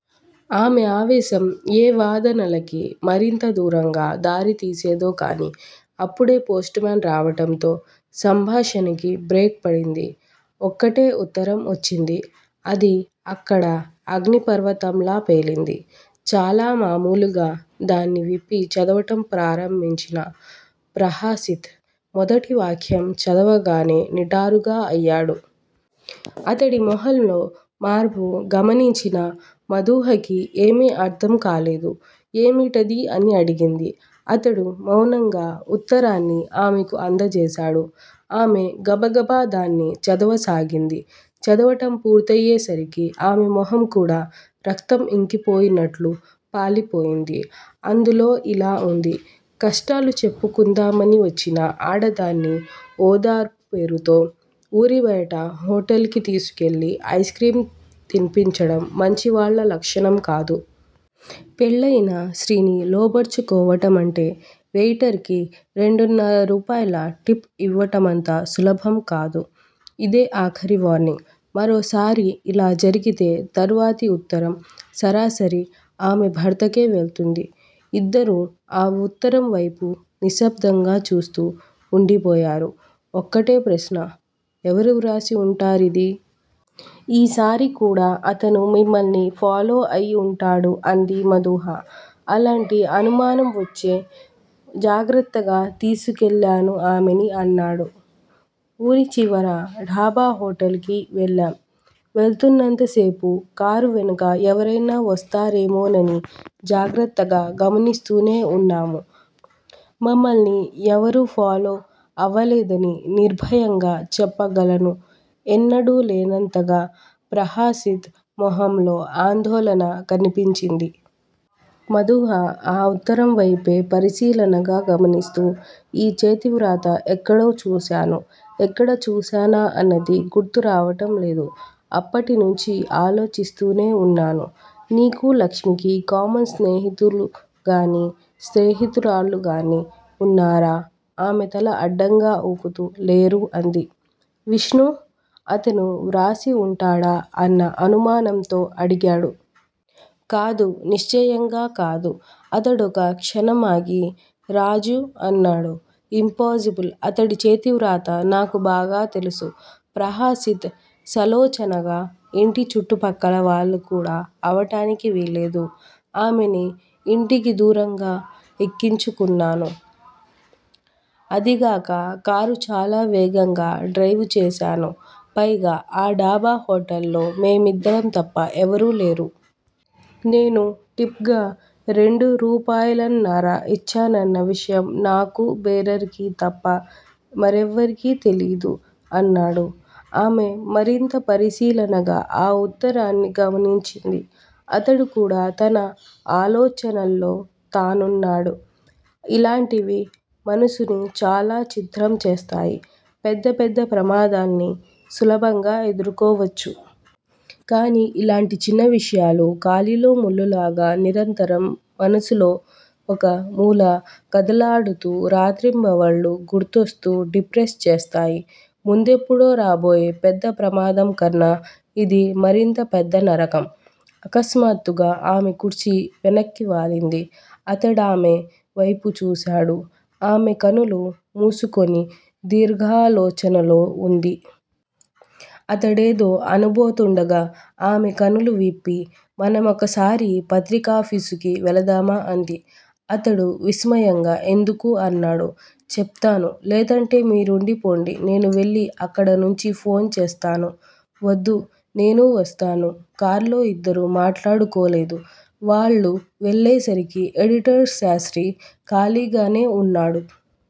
ఆమె ఆవేశం ఏ వాదనలకి మరింత దూరంగా దారితీసేదో కానీ, అప్పుడే పోస్ట్ మాన్ రావటంతో సంభాషణకి బ్రేక్ పడింది. ఒకటే ఉత్తరం వచ్చింది. అది అక్కడ అగ్నిపర్వతంలా పేలింది. చాలా మామూలుగా దాన్ని విప్పి చదవటం ప్రారంభించిన ప్రహసిత్, మొదటి వాక్యం చదవగానే నిటారుగా అయ్యాడు. అతడి మొహంలో మార్పు గమనించిన మధూహకి ఏమీ అర్థం కాలేదు. ఏమిటది? అని అడిగింది. అతడు మౌనంగా వుత్తరాన్ని ఆమెకు అందజేశాడు. ఆమె గబగబా దాన్ని చదవసాగింది. చదవటం పూర్తయ్యేసరికి ఆమె మొహం కూడా రక్తం ఇంకిపోయినట్టు పాలిపోయింది. అందులో ఇలా వుంది. కష్టాలు చెప్పుకుందామని వచ్చిన ఆడదాన్ని ఓదార్పు పేరుతో ఊరిబయట హొటల్ కి తీసుకెళ్ళి ఐస్ క్రీమ్ తిన్పించటం మంచివాళ్ళ లక్షణం కాదు. పెళ్ళయిన స్త్రీని లోబర్చుకోవటమంటే వెయిటర్ కి రెండున్నర రూపాయల టిప్ ఇవ్వటమంత సులభం కాదు. ఇదే ఆఖరి వార్నింగ్. మరోసారి ఇలా జరిగితే, తరువాతి వుత్తరం సరాసరి ఆమె భర్తకే వెళ్తుంది ఇద్దరూ ఆ వుత్తరంవైపే నిశ్శబ్దంగా చూస్తూ వుండిపోయారు. ఒకటే ప్రశ్న! ఎవరు వ్రాసి వుంటారిది? ఈసారి కూడా అతను మిమ్మల్ని ఫాలో అయివుంటాడు అంది మధూహ. అలాటి అనుమానం వచ్చే, జాగ్రత్తగా తీసుకెళ్ళాను ఆమెని అన్నాడు. ఊరిచివర డాబాహొటల్ కి వెళ్ళాం. వెళ్తున్నంత సేపూ కారు వెనుక ఎవరైనా వస్తున్నారేమోనని జాగ్రత్తగా గమనిస్తూనే వున్నాము. మమ్మల్ని ఎవరూ ఫాలో అవలేదని నిర్భయంగా చెప్పగలను ఎన్నాడూ లేనంతగా ప్రహసిత్ మొహంలో ఆందోళన కనిపించింది. మధూహ ఆ వుత్తరంవైపే పరిశీలనగా గమనిస్తూ ఈ చేతివ్రాత ఎక్కడో చూసాను. ఎక్కడ చూసానా అన్నది గుర్తురావటం లేదు. అప్పటినుంచి ఆలోచిస్తూనే వున్నాను. 'నీకూ లక్ష్మికీ కామన్ స్నేహితులుగానీ స్నేహితురాండ్రుగానీ వున్నారా? ' ఆమెతల అడ్డంగా వూపుతూ లేరు అంది. విష్ణు? అతను వ్రాసివుంటాడా అన్న అనుమానంతో అడిగాడు. కాదు. నిశ్చయంగా కాదు అతడొక క్షణం ఆగి, రాజు? అన్నాడు. ఇంపాజిబుల్. అతడి చేతివ్రాత నాకు బాగా తెలుసు. ప్రహసిత్ సాలోచనగా, ఇంటి చుట్టుపక్కల వాళ్ళు కూడా అవటానికి వీల్లేదు. ఆమెని ఇంటికి దూరంగా ఎక్కించుకున్నాను. అదీగాక కారు చాలా వేగంగా డ్రయివు చేసాను. పైగా ఆ డాబా హొటల్ లో మేమిద్దరం తప్ప ఎవరూ లేరు. నేను టిప్ గా రెండు రూపాయలన్నర ఇచ్చానన్న విషయం నాకూ బేరర్ కీ తప్ప మరెవరికీ తెలీదు అన్నాడు. ఆమె మరింత పరిశీలనగా ఆ వుత్తరాన్ని గమనించింది. అతడు కూడా తన ఆలోచనల్లో తనున్నాడు. ఇలాటివి మనసుని చాలా ఛిద్రం చేస్తాయి. పెద్ద పెద్ద ప్రమాదాల్ని సులభంగా ఎదుర్కోవచ్చు. కానీ ఇలాటి చిన్న విషయాలు, కాలిలో ముల్లులాగా నిరంతరం మనసులో ఒక మూల కదలాడుతూ రాత్రింబవళ్ళు గుర్తొస్తూ డిప్రెస్ చేస్తాయి. ముందెప్పుడో రాబోయే పెద్ద ప్రమాదంకన్నా ఇది మరింత పెద్దనరకం. అకస్మాత్తుగా ఆమె కుర్చీ వెనక్కివాలింది. అతడామె వైపు చూసాడు. ఆమె కనులు మూసుకుని దీర్ఘాలోచనలో వుంది. అతడేదో అనబోతుండగా ఆమె కనులు విప్పి, మనమొకసారి పత్రికాఫీసుకి వెళదామా? అంది. అతడు విస్మయంగా, ఎందుకు? అన్నాడు. చెప్తాను. లేదంటే మీరుండిపోండి. నేను వెళ్ళి అక్కడనుంచి ఫోన్ చేస్తాను. వద్దు. నేనూ వస్తాను. కార్లో ఇద్దరూ మాట్లాడుకోలేదు. వాళ్ళు వెళ్ళేసరికి ఎడిటర్ శాస్త్రి ఖాళీగానే వున్నాడు.